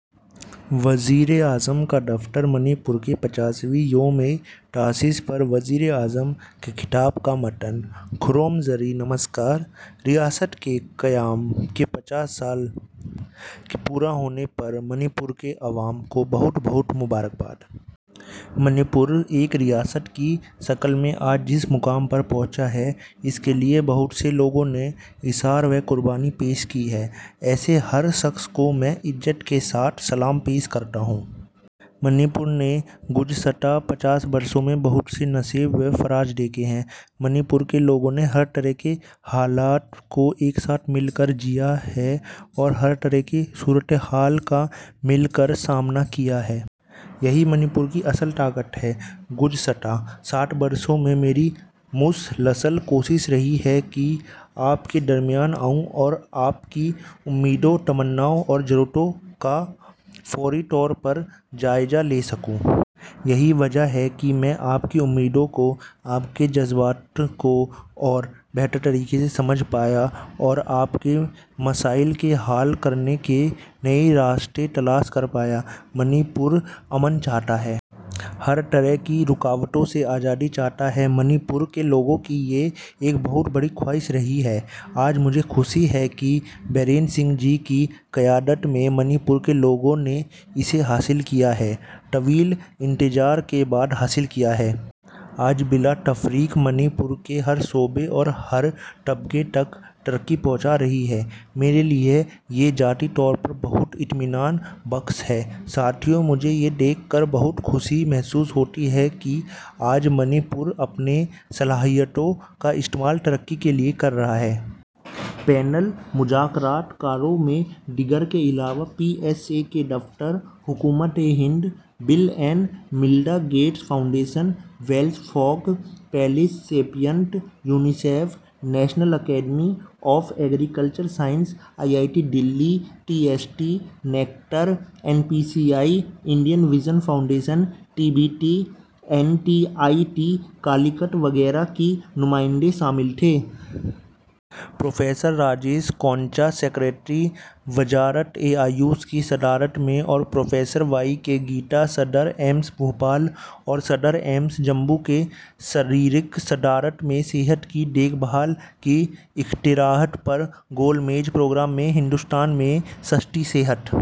وزیراعظم کا دفتر: منی پور کے پچاسویں یومِ تاسیس پر وزیر اعظم کے خطاب کا متن۔ کُھروم جَری! نمسکار! ریاست کے قیام کے پچاس سال پورے ہونے پر منی پور کے عوام کو بہت بہت مبارک باد! منی پور ایک ریاست کی شکل میں آج جس مقام پر پہنچا ہے، اس کے لیے بہت سے لوگوں نے ایثار و قربانی پیش کی ہے۔ ایسے ہر شخص کو میں عزت کے ساتھ سلام پیش کرتا ہوں۔ منی پور نے گزشتہ پچاس برسوں میں بہت سے نشیب و فراز دیکھے ہیں۔ منی پور کے لوگوں نے ہر طرح کے حالات کو ایک ساتھ مل کر جیا ہے اور ہر طرح کی صورتِ حال کا مل کر سامنا کیا ہے۔ یہی منی پور کی اصل طاقت ہے۔ گزشتہ سات برسوں میں میری مسلسل کوشش رہی ہے کہ آپ کے درمیان آؤں اور آپ کی امیدوں، تمناؤں اور ضرورتوں کا فوری طور پر جائزہ لے سکوں۔ یہی وجہ ہے کہ میں آپ کی امیدوں کو، آپ کے جذبات کو اور بہتر طریقے سے سمجھ پایا اور آپ کے مسائل کے حل کرنے کے نئے راستے تلاش کر پایا۔ منی پور امن چاہتا ہے۔ ہر طرح کی رکاوٹوں سے آزادی چاہتا ہے۔ منی پور کے لوگوں کی یہ ایک بہت بڑی خواہش رہی ہے۔ آج مجھے خوشی ہے کہ بیرین سنگھ جی کی قیادت میں منی پور کے لوگوں نے اسے حاصل کیا ہے، طویل انتظار کے بعد حاصل کیا ہے۔ آج بلا تفریق منی پور کے ہر شعبے اور ہر طبقے تک ترقی پہنچ رہی ہے۔ میرے لیے یہ ذاتی طور پر بہت اطمینان بخش ہے۔ ساتھیو، مجھے یہ دیکھ کر بہت خوشی محسوس ہوتی ہے کہ آج منی پور اپنی صلاحیتوں کا استعمال ترقی کے لیے کر رہا ہے۔ پینل مذاکرات کاروں میں، دیگر کے علاوہ، پی ایس اے کے دفتر، حکومتِ ہند، Bill and Melinda Gates Foundation, Wells Fargo, Publicis Sapient, UNICEF, National Academy of Agricultural Sciences, I I T Delhi, D S T, NECTAR, N P C I, India Vision Foundation, D B T, N I T Calicut وغیرہ کے نمائندے شامل تھے۔ Professor Rajesh Kotecha, secretary, وزارتِ آیوش کی صدارت میں، اور پروفیسر وائی کے گپتا، صدر، ایمس بھوپال اور صدر ایمس جموں کی شریک صدارت میں ''صحت کی دیکھ بھال کی اختراعات'' پر گول میز پروگرام میں ہندوستان میں سستی صحت